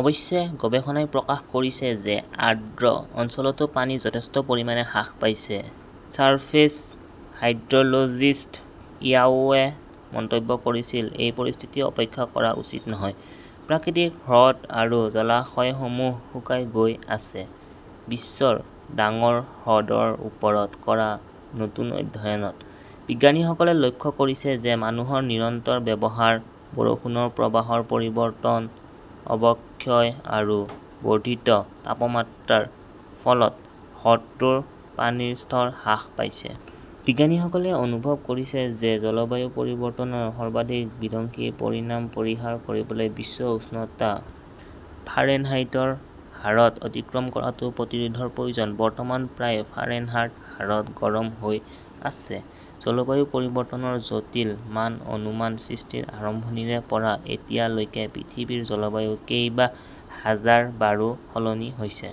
অৱশ্যে, গৱেষণাই প্ৰকাশ কৰিছে যে আৰ্দ্ৰ অঞ্চলতো পানী যথেষ্ট পৰিমাণে হ্ৰাস পাইছে। ছাৰ্ফেচ হাইড্ৰ "লজিষ্ট ইয়াওৱে মন্তব্য কৰিছিল এই পৰিস্থিতি উপেক্ষা কৰা উচিত নহয়। প্ৰাকৃতিক হ্ৰদ আৰু জলাশয়সমূহ শুকাই গৈ আছে। বিশ্বৰ ডাঙৰ হ্ৰদৰ ওপৰত কৰা নতুন অধ্যয়নত বিজ্ঞানীসকলে লক্ষ্য কৰিছে যে মানুহৰ নিৰন্তৰ ব্যৱহাৰ, বৰষুণৰ প্ৰবাহৰ পৰিৱৰ্তন, অৱক্ষয় আৰু বৰ্ধিত তাপমাত্ৰাৰ ফলত হ্ৰদটোৰ পানীৰ স্তৰ হ্ৰাস পাইছে। । বিজ্ঞানীসকলে অনুভৱ কৰে যে জলবায়ু পৰিৱৰ্তনৰ সৰ্বাধিক বিধ্বংসী পৰিণাম পৰিহাৰ কৰিবলৈ বিশ্ব উষ্ণতা ফাৰেনহাইটৰ হাৰত অতিক্ৰম কৰাটো প্ৰতিৰোধৰ প্ৰয়োজন। বৰ্তমান প্ৰায় ফাৰেনহাইট হাৰত গৰম হৈ আছে। জলবায়ু পৰিৱৰ্তনৰ জটিল মান-অনুমান সৃষ্টিৰ আৰম্ভণিৰে পৰা এতিয়ালৈকে পৃথিৱীৰ জলবায়ু কেইবা হাজাৰবাৰো সলনি হৈছে।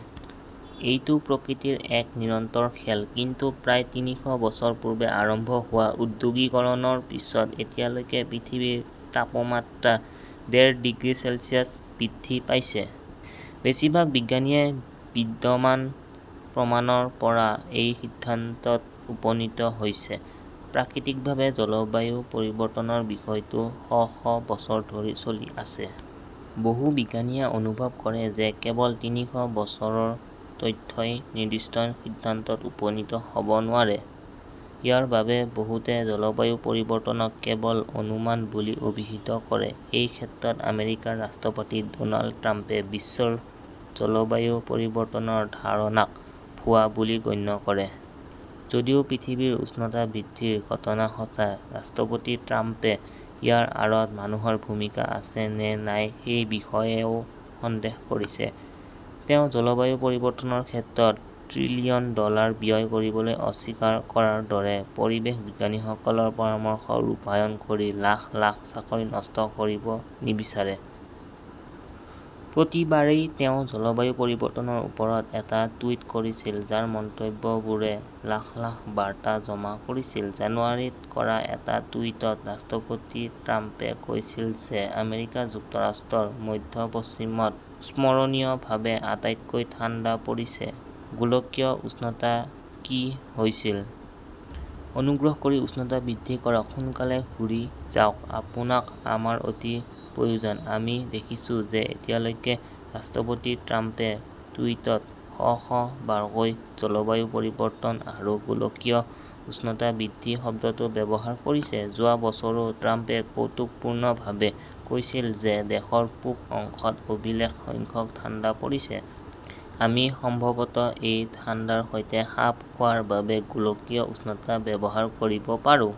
এইটো প্ৰকৃতিৰ এক নিৰন্তৰ খেল। কিন্তু প্ৰায় তিনিশ বছৰ পূৰ্বে আৰম্ভ হোৱা ঔদ্যোগিকৰণৰ পিছত এতিয়ালৈকে পৃথিৱীৰ তাপমাত্ৰা ডেৰ ডিগ্ৰী চেলছিয়াছ বৃদ্ধি পাইছে। বেছিভাগ বিজ্ঞানীয়ে বিদ্যমান প্ৰমাণৰ পৰা এই সিদ্ধান্তত উপনীত হৈছে। প্ৰাকৃতিকভাৱে জলবায়ু পৰিৱৰ্তনৰ বিষয়টো শ শ বছৰ ধৰি চলি থাকে। বহু বিজ্ঞানীয়ে অনুভৱ কৰে যে কেৱল তিনিশ বছৰৰ তথ্যই নিৰ্দিষ্ট সিদ্ধান্তত উপনীত হ'ব নোৱাৰে। ইয়াৰ বাবে বহুতে জলবায়ু পৰিৱৰ্তনক কেৱল 'অনুমান' বুলি অভিহিত কৰে। এই ক্ষেত্ৰত আমেৰিকাৰ ৰাষ্ট্ৰপতি ড'নাল্ড ট্ৰাম্পে বিশ্বৰ জলবায়ু পৰিৱৰ্তনৰ ধাৰণাক " ভুৱা "বুলি গণ্য কৰে। যদিও পৃথিৱীৰ উষ্ণতা বৃদ্ধিৰ ঘটনা সঁচা, ৰাষ্ট্ৰপতি ট্ৰাম্পে ইয়াৰ আঁৰত মানুহৰ ভূমিকা আছে নে নাই সেই বিষয়েও সন্দেহ কৰিছে। তেওঁ জলবায়ু পৰিৱৰ্তনৰ ক্ষেত্ৰত ত্ৰিলিয়ন ডলাৰ ব্যয় কৰিবলৈ অস্বীকাৰ কৰাৰ দৰে পৰিৱেশ বিজ্ঞানীসকলৰ পৰামৰ্শ ৰূপায়ণ কৰি লাখ লাখ চাকৰি নষ্ট কৰিব নিবিচাৰে। প্ৰতিবাৰেই তেওঁ জলবায়ু পৰিৱৰ্তনৰ ওপৰত এটা টুইট কৰিছিল, যাৰ মন্তব্যবোৰে লাখ লাখ বাৰ্তা জমা কৰিছিল। জানুৱাৰীত কৰা এই টুইটত ৰাষ্ট্ৰপতি ট্ৰাম্পে কৈছিল যে আমেৰিকা যুক্তৰাষ্ট্ৰৰ মধ্য-পশ্চিমত স্মৰণীয়ভাৱে আটাইতকৈ ঠাণ্ডা পৰিছে। গোলকীয় উষ্ণতা কি হৈছিল? অনুগ্ৰহ কৰি উষ্ণতা বৃদ্ধি কৰক, সোনকালে ঘূৰি যাওক, আপোনাক আমাৰ অতি প্ৰয়োজন। আমি দেখিছো যে এতিয়ালৈকে ৰাষ্ট্ৰপতি ট্ৰাম্পে টুইটত শ শ বাৰকৈ জলবায়ু পৰিৱৰ্তন আৰু গোলকীয় উষ্ণতা বৃদ্ধি শব্দটো ব্যৱহাৰ কৰিছে। যোৱা বছৰো ট্ৰাম্পে কৌতুকপূৰ্ণভাৱে কৈছিল যে দেশৰ পূব অংশত অভিলেখ সংখ্যক ঠাণ্ডা পৰিছে। আমি সম্ভৱতঃ এই ঠাণ্ডাৰ সৈতে খাপ খোৱাৰ বাবে গোলকীয় উষ্ণতা ব্যৱহাৰ কৰিব পাৰোঁ।